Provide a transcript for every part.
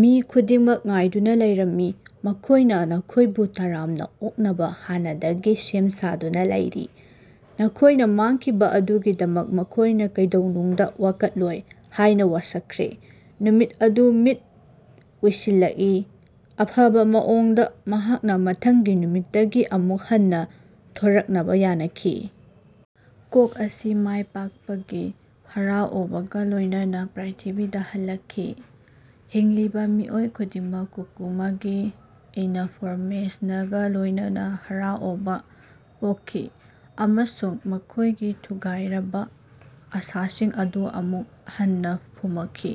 ꯃꯤ ꯈꯨꯗꯤꯡꯃꯛ ꯉꯥꯏꯗꯨꯅꯥ ꯂꯩꯔꯝꯃꯤ꯫ ꯃꯈꯣꯏꯅꯥ ꯅꯈꯣꯏꯕꯨ ꯇꯔꯥꯝꯅꯥ ꯑꯣꯛꯅꯕꯥ ꯍꯥꯟꯅꯗꯒꯤ ꯁꯦꯝ ꯁꯥꯗꯨꯅꯥ ꯂꯩꯔꯤ꯫ ꯅꯈꯣꯏꯅꯥ ꯃꯥꯡꯈꯤꯕꯥ ꯑꯗꯨꯒꯤꯗꯃꯛ ꯃꯈꯣꯏꯅꯥ ꯀꯩꯗꯧꯅꯨꯡꯗꯥ ꯋꯥꯀꯠꯂꯣꯏ ꯍꯥꯏꯅꯥ ꯋꯥꯁꯛꯈ꯭ꯔꯦ꯫ ꯅꯨꯃꯤꯠ ꯑꯗꯨ ꯃꯤꯠ ꯎꯏꯁꯤꯜꯂꯀꯏ꯫ ꯑꯐꯕꯥ ꯃꯑꯣꯡꯗꯥ ꯃꯍꯥꯛꯅꯥ ꯃꯊꯪꯒꯤ ꯅꯨꯃꯤꯠꯇꯒꯤ ꯑꯃꯨꯛ ꯍꯟꯅꯥ ꯊꯣꯔꯛꯅꯕꯥ ꯌꯥꯅꯈꯤ꯫ ꯀꯣꯛ ꯑꯁꯤ ꯃꯥꯌ ꯄꯥꯀꯄꯒꯤ ꯍꯔꯥꯑꯣꯕꯒꯥ ꯂꯣꯌꯅꯅꯥ ꯄ꯭ꯔ꯭ꯏꯊꯤꯕꯤꯗꯥ ꯍꯜꯂꯀꯈꯤ꯫ ꯍꯤꯡꯂꯤꯕꯥ ꯃꯤꯑꯣꯏ ꯈꯨꯗꯤꯡꯃꯛ ꯀꯨꯀꯨꯃꯒꯤ ꯏꯅꯐꯣꯔꯃꯦꯁꯅꯒꯥ ꯂꯣꯌꯅꯅꯥ ꯍꯔꯥꯑꯣꯕꯥ ꯄꯣꯀꯈꯤ ꯑꯃꯁꯨꯡ ꯃꯈꯣꯌꯒꯤ ꯊꯨꯒꯥꯏꯔꯕꯥ ꯑꯥꯁꯥꯁꯤꯡ ꯑꯗꯨ ꯑꯃꯨꯛ ꯍꯟꯅꯥ ꯐꯨꯃꯈꯤ꯫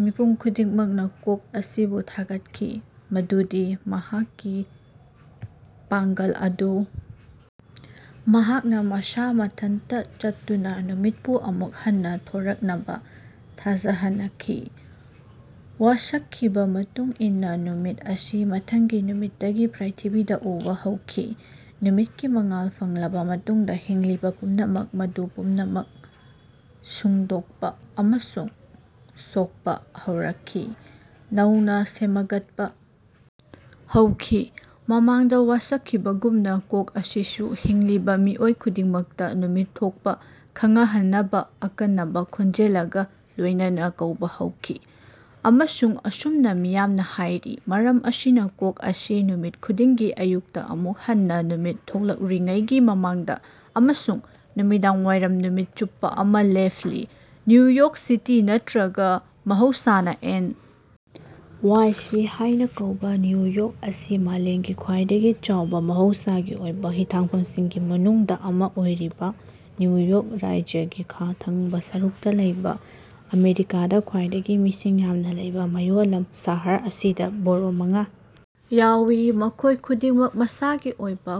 ꯃꯤꯄꯨꯝ ꯈꯨꯗꯤꯡꯃꯛꯅꯥ ꯀꯣꯛ ꯑꯁꯤꯕꯨ ꯊꯥꯒꯠꯈꯤ ꯃꯗꯨꯗꯤ ꯃꯍꯥꯛꯀꯤ ꯄꯥꯡꯒꯜ ꯑꯗꯨ ꯃꯍꯥꯛꯅꯥ ꯃꯁꯥ ꯃꯊꯟꯇꯥ ꯆꯠꯇꯨꯅꯥ ꯅꯨꯃꯤꯠꯄꯨ ꯑꯃꯨꯛ ꯍꯟꯅꯥ ꯊꯣꯔꯛꯅꯕꯥ ꯊꯥꯖꯍꯅꯈꯤ꯫ ꯋꯥꯁꯀꯈꯤꯕꯥ ꯃꯇꯨꯡ ꯏꯟꯅꯥ ꯅꯨꯃꯤꯠ ꯑꯁꯤ ꯃꯊꯪꯒꯤ ꯅꯨꯃꯤꯠꯇꯒꯤ ꯄ꯭ꯔ꯭ꯏꯊꯤꯕꯤꯗꯥ ꯎꯕꯥ ꯍꯧꯈꯤ꯫ ꯅꯨꯃꯤꯠꯀꯤ ꯃꯉꯥꯜ ꯐꯪꯂꯕꯥ ꯃꯇꯨꯡꯗꯥ ꯍꯤꯡꯂꯤꯕꯥ ꯄꯨꯝꯅꯃꯛ, ꯃꯗꯨ ꯄꯨꯝꯅꯃꯛ ꯁꯨꯡꯗꯣꯛꯄꯥ ꯑꯃꯁꯨꯡ ꯁꯣꯛꯄꯥ ꯍꯧꯔꯛꯈꯤ, ꯅꯧꯅꯥ ꯁꯦꯝꯒꯠꯄꯥ ꯍꯧꯈꯤ꯫ ꯃꯃꯥꯡꯗꯥ ꯋꯥꯁꯛꯈꯤꯕꯒꯨꯝꯅꯥ, ꯀꯣꯛ ꯑꯁꯤꯁꯨ ꯍꯤꯡꯂꯤꯕꯥ ꯃꯤꯑꯣꯏ ꯈꯨꯗꯤꯡꯃꯛꯇꯥ ꯅꯨꯃꯤꯠ ꯊꯣꯀꯄꯥ ꯈꯉꯍꯟꯅꯕꯥ ꯑꯀꯟꯕꯥ ꯈꯣꯟꯖꯦꯜꯒꯥ ꯂꯣꯌꯅꯅꯥ ꯀꯧꯕꯥ ꯍꯧꯈꯤ꯫ ꯑꯃꯁꯨꯡ ꯑꯁꯨꯝꯅꯥ ꯃꯤꯌꯥꯝꯅꯥ ꯍꯥꯌꯔꯤ, ꯃꯔꯝ ꯑꯁꯤꯅꯥ ꯀꯣꯛ ꯑꯁꯤ ꯅꯨꯃꯤꯠ ꯈꯨꯗꯤꯡꯒꯤ ꯑꯌꯨꯛꯇꯥ ꯑꯃꯨꯛ ꯍꯟꯅꯥ ꯅꯨꯃꯤꯠ ꯊꯣꯛꯂꯛꯇꯔꯤꯉꯩꯒꯤ ꯃꯃꯥꯡꯗꯥ ꯑꯃꯁꯨꯡ ꯅꯨꯃꯤꯗꯥꯡꯋꯥꯏꯔꯝ ꯅꯨꯃꯤꯠ ꯆꯨꯞꯄꯥ ꯑꯃꯥ ꯂꯦꯞꯂꯤ꯫ ꯅꯌꯨ ꯌꯣꯔ꯭ꯛ ꯁꯤꯇꯤ ꯅꯠꯇ꯭ꯔꯒ ꯃꯍꯧꯁꯥꯅ ꯑꯦꯟ. ꯋꯥꯏ. ꯁꯤ. ꯍꯥꯏꯅ ꯀꯧꯕ ꯅ꯭ꯌꯨ ꯌꯣꯔ꯭ꯛ ꯑꯁꯤ ꯃꯥꯂꯦꯝꯒꯤ ꯈ꯭ꯋꯥꯏꯗꯒꯤ ꯆꯥꯎꯕ ꯃꯍꯧꯁꯥꯒꯤ ꯑꯣꯏꯕ ꯍꯤꯊꯥꯡꯐꯝꯁꯤꯡꯒꯤ ꯃꯅꯨꯡꯗ ꯑꯃ ꯑꯣꯏꯔꯤꯕ ꯅ꯭ꯌꯨ ꯌꯣꯛ ꯔꯥꯖ꯭ꯌꯒꯤ ꯈꯥ ꯊꯪꯕ ꯁꯔꯨꯛꯇ ꯂꯩꯕ ꯑꯃꯦꯔꯤꯀꯥꯗ ꯈ꯭ꯋꯥꯏꯗꯒꯤ ꯃꯤꯁꯤꯡ ꯌꯥꯝꯅ ꯂꯩꯕ ꯃꯌꯣꯜꯂꯝ꯫ ꯁꯍꯔ ꯑꯁꯤꯗ ꯕꯣꯔꯣ ꯃꯉꯥ ꯌꯥꯎꯏ, ꯃꯈꯣꯏ ꯈꯨꯗꯤꯡꯃꯛ ꯃꯁꯥꯒꯤ ꯑꯣꯏꯕ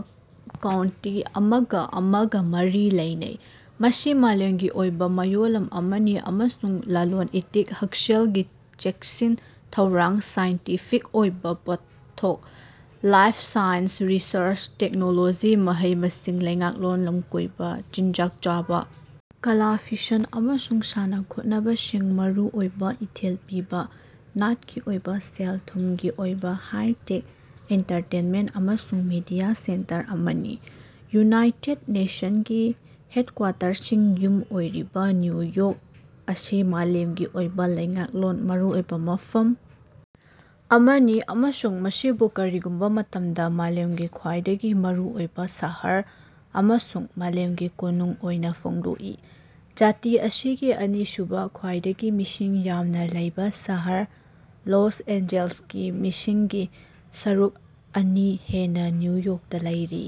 ꯀꯥꯎꯟꯇꯤ ꯑꯃꯒ ꯑꯃꯒ ꯃꯔꯤ ꯂꯩꯅꯩ꯫ ꯃꯁꯤ ꯃꯥꯂꯦꯝꯒꯤ ꯑꯣꯏꯕ ꯃꯌꯣꯜꯂꯝ ꯑꯃꯅꯤ ꯑꯃꯁꯨꯡ ꯂꯂꯣꯟ ꯏꯇꯤꯛ ꯍꯛꯁꯦꯜꯒꯤ ꯆꯦꯛꯁꯤꯟ ꯊꯧꯔꯥꯡ, ꯁꯥꯏꯟꯇꯤꯐꯤꯛ ꯑꯣꯏꯕ ꯄꯣꯠꯊꯣꯛ ꯂꯥꯏꯐ ꯁꯥꯏꯟꯁ ꯔꯤꯁ꯭ꯔꯆ ꯇꯦꯛꯅꯣꯂꯣꯖꯤ ꯃꯍꯩ ꯃꯁꯤꯡ ꯂꯩꯉꯥꯛꯂꯣꯟ ꯂꯝꯀꯣꯏꯕ ꯆꯤꯟꯖꯥꯛ ꯆꯥꯕ ꯀꯂꯥ ꯐꯤꯁꯟ ꯑꯃꯁꯨꯡ ꯁꯥꯟꯅ ꯈꯣꯠꯅꯕꯁꯤꯡ ꯃꯔꯨꯑꯣꯏꯕ ꯏꯊꯤꯜ ꯄꯤꯕ ꯅꯥꯠꯀꯤ ꯑꯣꯏꯕ ꯁꯦꯜ ꯊꯨꯝꯒꯤ ꯑꯣꯏꯕ ꯍꯥꯏ ꯇꯦꯛ ꯑꯦꯟꯇꯔꯇꯦꯟꯃꯦꯟꯠ ꯑꯃꯁꯨꯡ ꯃꯤꯗꯤꯌꯥ ꯁꯦꯟꯇꯔ ꯑꯃꯅꯤ꯫ ꯌꯨꯅꯥꯏꯇꯦꯗ ꯅꯦꯁꯟꯒꯤ ꯍꯦꯗꯀ꯭ꯋꯥꯇꯔꯁꯤꯡ ꯌꯨꯝ ꯑꯣꯏꯔꯤꯕ ꯅ꯭ꯌꯨ ꯌꯣꯔ꯭ꯛ ꯑꯁꯤ ꯃꯥꯂꯦꯝꯒꯤ ꯑꯣꯏꯕ ꯂꯩꯉꯥꯛꯂꯣꯟ ꯃꯔꯨꯑꯣꯏꯕ ꯃꯐꯝ ꯑꯃꯅꯤ ꯑꯃꯁꯨꯡ ꯃꯁꯤꯕꯨ ꯀꯔꯤꯒꯨꯝꯕ ꯃꯇꯝꯗ ꯃꯥꯂꯦꯝꯒꯤ ꯈ꯭ꯋꯥꯏꯗꯒꯤ ꯃꯔꯨꯑꯣꯏꯕ ꯁꯍꯔ ꯑꯃꯁꯨꯡ ꯃꯥꯂꯦꯝꯒꯤ ꯀꯣꯅꯨꯡ ꯑꯣꯏꯅ ꯐꯣꯡꯗꯣꯛꯏ꯫ ꯖꯥꯇꯤ ꯑꯁꯤꯒꯤ ꯑꯅꯤꯁꯨꯕꯥ ꯈ꯭ꯋꯥꯏꯗꯒꯤ ꯃꯤꯁꯤꯡ ꯌꯥꯝꯅꯥ ꯂꯩꯕꯥ ꯁꯍꯔ ꯂꯁ ꯑꯦꯟꯖꯦꯜꯁꯀꯤ ꯃꯤꯁꯤꯡꯒꯤ ꯁꯔꯨꯛ ꯑꯅꯤ ꯍꯦꯟꯅꯥ ꯅ꯭ꯌꯨ ꯌꯣꯔ꯭ꯛꯇꯥ ꯂꯩꯔꯤ꯫